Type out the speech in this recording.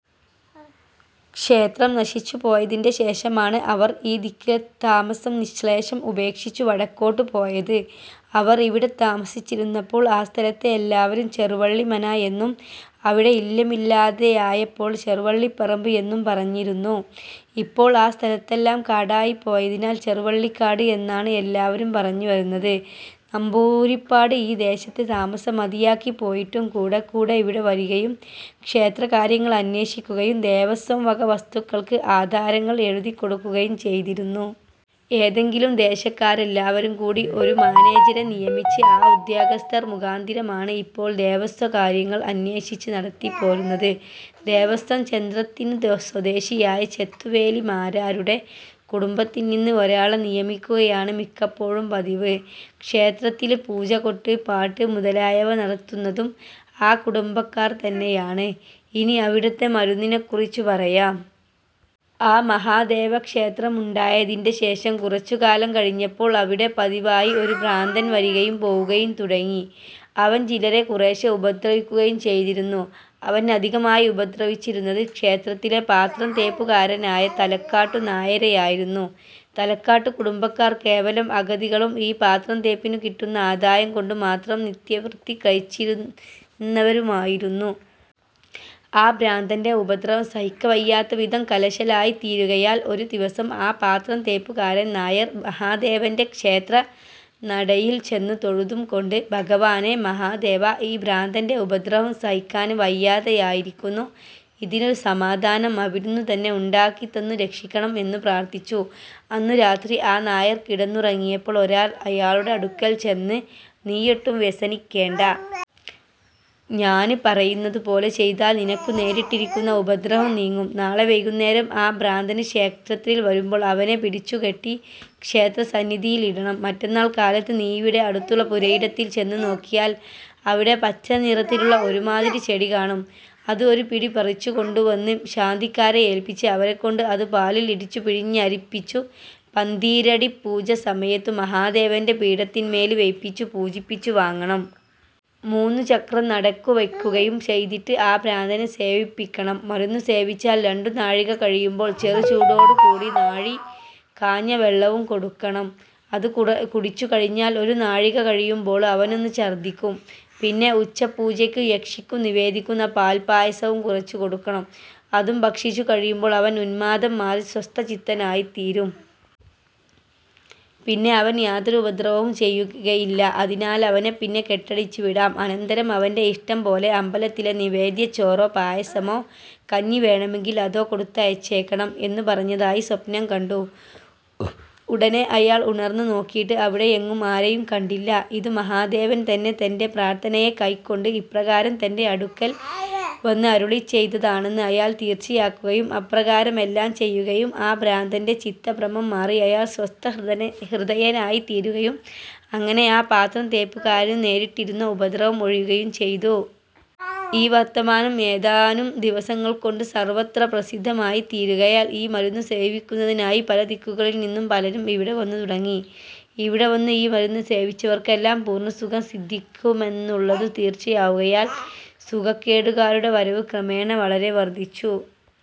ക്ഷേത്രം നശിച്ചുപോയതിന്റെ ശേഷമാണ് അവർ ഈ ദിക്കിലെത്താമസം നിശ്ശേഷം ഉപേക്ഷിച്ചു വടക്കോട്ടു പോയത്. അവർ ഇവിടെത്താമസിച്ചിരുന്നപ്പോൾ ആ സ്ഥലത്തെ എല്ലാവരും ചെറുവള്ളി മന എന്നും അവിടെ ഇല്ലമില്ലാതെയായപ്പോൾ ചെറുവള്ളിപ്പറമ്പ് എന്നും പറഞ്ഞിരുന്നു. ഇപ്പോൾ ആ സ്ഥലത്തെല്ലാം കാടായിപ്പോയതിനാൽ ചെറുവള്ളിക്കാട് എന്നാണ് എല്ലാവരും പറഞ്ഞുവരുന്നത്. നമ്പൂരിപ്പാട് ഈ ദേശത്തെ താമസം മതിയാക്കിപ്പോയിട്ടും കൂടെക്കൂടെ ഇവിടെ വരികയും ക്ഷേത്രകാര്യങ്ങളന്വേഷിക്കുകയും ദേവസ്വംവക വസ്തുക്കൾക്ക് ആധാരങ്ങൾ എഴുതിക്കൊടുക്കുകയും ചെയ്തിരുന്നു. ഏതെങ്കിലും, ദേശക്കാരെല്ലാവരും കൂടി ഒരു മാനേജരെ നിയമിച്ച് ആ ഉദ്യോഗസ്ഥർ മുഖാന്തിരമാണ് ഇപ്പോൾ ദേവസ്വകാര്യങ്ങൾ അന്വേഷിച്ച് നടത്തിപ്പോരുന്നത്. ദേവസ്വം 'ചന്ത്ര'ത്തിനു സ്വദേശിയായ ചെത്തുവേലി മാരാരുടെ കുടുംബത്തിൽനിന്ന് ഒരാളെ നിയമിക്കുകയാണ് മിക്കപ്പോഴും പതിവ്. ക്ഷേത്രത്തില് പൂജകൊട്ട്, പാട്ട് മുതലായവ നടത്തുന്നതും ആ കുടുംബക്കാർതന്നെയാണ്. ഇനി അവിടത്തെ മരുന്നിനെക്കുറിച്ചു പറയാം. ആ മഹാദേവക്ഷേത്രമുണ്ടായതിന്റെശേഷം കുറച്ചുകാലം കഴിഞ്ഞപ്പോൾ അവിടെ പതിവായി ഒരു ഭ്രാന്തൻ വരികയും പോവുകയും തുടങ്ങി. അവൻ ചിലരെ കുറേശ്ശെ ഉപദ്രവിക്കുകയും ചെയ്തിരുന്നു. അവൻ അധികമായി ഉപദ്രവിച്ചിരുന്നത് ക്ഷേത്രത്തിലെ പാത്രംതേപ്പുകാരനായ തലക്കാട്ടു നായരെയായിരുന്നു. തലക്കാട്ടു കുടുംബക്കാർ കേവലം അഗതികളും ഈ പാത്രംതേപ്പിനു കിട്ടുന്ന ആദായം കൊണ്ടുമാത്രം നിത്യവൃത്തി കഴിച്ചിരുന്നവരുമായിരുന്നു. ആ ഭ്രാന്തന്റെ ഉപദ്രവം സഹിക്കവയ്യാത്തവിധം കലശലായിത്തീരുകയാൽ ഒരു ദിവസം ആ പാത്രംതേപ്പുകാരൻ നായർ മഹാദേവന്റെ ക്ഷേത്രനടയിൽച്ചെന്നു തൊഴുതുംകൊണ്ട് "ഭഗവാനെ! മഹാദേവാ! ഈ ഭ്രാന്തന്റെ ഉപദ്രവം സഹിക്കാന് വയ്യാതെയായിരിക്കുന്നു. ഇതിനൊരു സമാധാനം അവിടുന്നുതന്നെ ഉണ്ടാക്കിത്തന്നു രക്ഷിക്കണം. " എന്നു പ്രാർഥിച്ചു. അന്നു രാത്രി ആ നായർ കിടന്നുറങ്ങിയപ്പോൾ ഒരാൾ അയാളുടെ അടുക്കൽച്ചെന്ന് "നീയൊട്ടും വ്യസനിക്കേണ്ട. ഞാന് പറയുന്നതുപോലെ ചെയ്താൽ നിനക്കുനേരിട്ടിരിക്കുന്ന ഉപദ്രവം നീങ്ങും. നാളെ വൈകുന്നേരം ആ ഭ്രാന്തന് ക്ഷേത്രത്തിൽ വരുമ്പോൾ അവനെ പിടിച്ചുകെട്ടി ക്ഷേത്രസന്നിധിയിൽ ഇടണം. മറ്റന്നാൾ കാലത്ത് നീയിവിടെ അടുത്തുള്ള പുരയിടത്തിൽ ചെന്നു നോക്കിയാൽ അവിടെ പച്ചനിറത്തിലുള്ള ഒരു മാതിരി ചെടി കാണും. അത് ഒരുപിടി പറിച്ചുകൊണ്ടുവന്ന് ശാന്തിക്കാരെ ഏൽപ്പിച്ച് അവരെക്കൊണ്ട് അതു പാലിൽ ഇടിച്ചു പിഴിഞ്ഞരിപ്പിച്ചു പന്തീരടിപ്പൂജസമയത്തു മഹാദേവന്റെ പീഠത്തിന്മേല് വെയ്പിച്ചു പൂജിപ്പിച്ചു വാങ്ങണം. മൂന്നു ചക്രം നടയ്ക്കു വെയ്ക്കുകയും ചെയ്തിട്ട് ആ ഭ്രാന്തനെ സേവിപ്പിക്കണം. മരുന്നു സേവിച്ചാൽ രണ്ടു നാഴിക കഴിയുമ്പോൾ ചെറുചൂടോടുകൂടി നാഴി കാഞ്ഞ വെള്ളവും കൊടുക്കണം. അതു കുടിച്ചുകഴിഞ്ഞാൽ ഒരു നാഴിക കഴിയുമ്പോള് അവനൊന്നു ഛർദ്ദിക്കും. പിന്നെ ഉച്ചപ്പൂജയ്ക്ക് യക്ഷിക്കു നിവേദിക്കുന്ന പാൽപ്പായസവും കുറച്ചു കൊടുക്കണം. അതും ഭക്ഷിച്ചുകഴിയുമ്പോൾ അവൻ ഉന്മാദം മാറി സ്വസ്ഥചിത്തനായിത്തീരും. പിന്നെ അവൻ യാതൊരുപദ്രവവും ചെയ്കയില്ല. അതിനാലവനെപ്പിന്നെ കെട്ടഴിച്ചുവിടാം. അനന്തരം അവന്റെ ഇഷ്ടംപോലെ അമ്പലത്തിലെ നിവേദ്യച്ചോറോ പായസമോ കഞ്ഞി വേണമെങ്കിൽ അതോ കൊടുത്തയച്ചേക്കണം" എന്നു പറഞ്ഞതായി സ്വപ്നം കണ്ടു. ഉടനെ അയാൾ ഉണർന്നു നോക്കീട്ട് അവിടെയെങ്ങും ആരെയും കണ്ടില്ല. ഇതു മഹാദേവൻതന്നെ തന്റെ പ്രാർഥനയെ കൈക്കൊണ്ട് ഇപ്രകാരം തന്റെ അടുക്കൽ വന്ന് അരുളിച്ചെയ്തതാണെന്ന് അയാൾ തീർച്ചയാക്കുകയും അപ്രകാരമെല്ലാം ചെയ്യുകയും ആ ഭ്രാന്തന്റെ ചിത്തഭ്രമം മാറി അയാൾ സ്വസ്ഥഹൃദയനായിത്തീരുകയും അങ്ങനെ ആ പാത്രംതേപ്പുകാരനു നേരിട്ടിരുന്ന ഉപദ്രവം ഒഴിയുകയും ചെയ്തു. ഈ വർത്തമാനം ഏതാനും ദിവസങ്ങൾകൊണ്ടു സർവ്വത്ര പ്രസിദ്ധമായിത്തീരുകയാൽ ഈ മരുന്നു സേവിക്കുന്നതിനായി പല ദിക്കുകളിൽനിന്നും പലരും ഇവിടെ വന്നുതുടങ്ങി. ഇവിടെ വന്ന് ഈ മരുന്ന് സേവിച്ചവർക്കെല്ലാം പൂർണ്ണസുഖം സിദ്ധിക്കുമെന്നുള്ളതു തീർച്ചയാവുകയാൽ സുഖക്കേടുകാരുടെ വരവ് ക്രമേണ വളരെ വർധിച്ചു.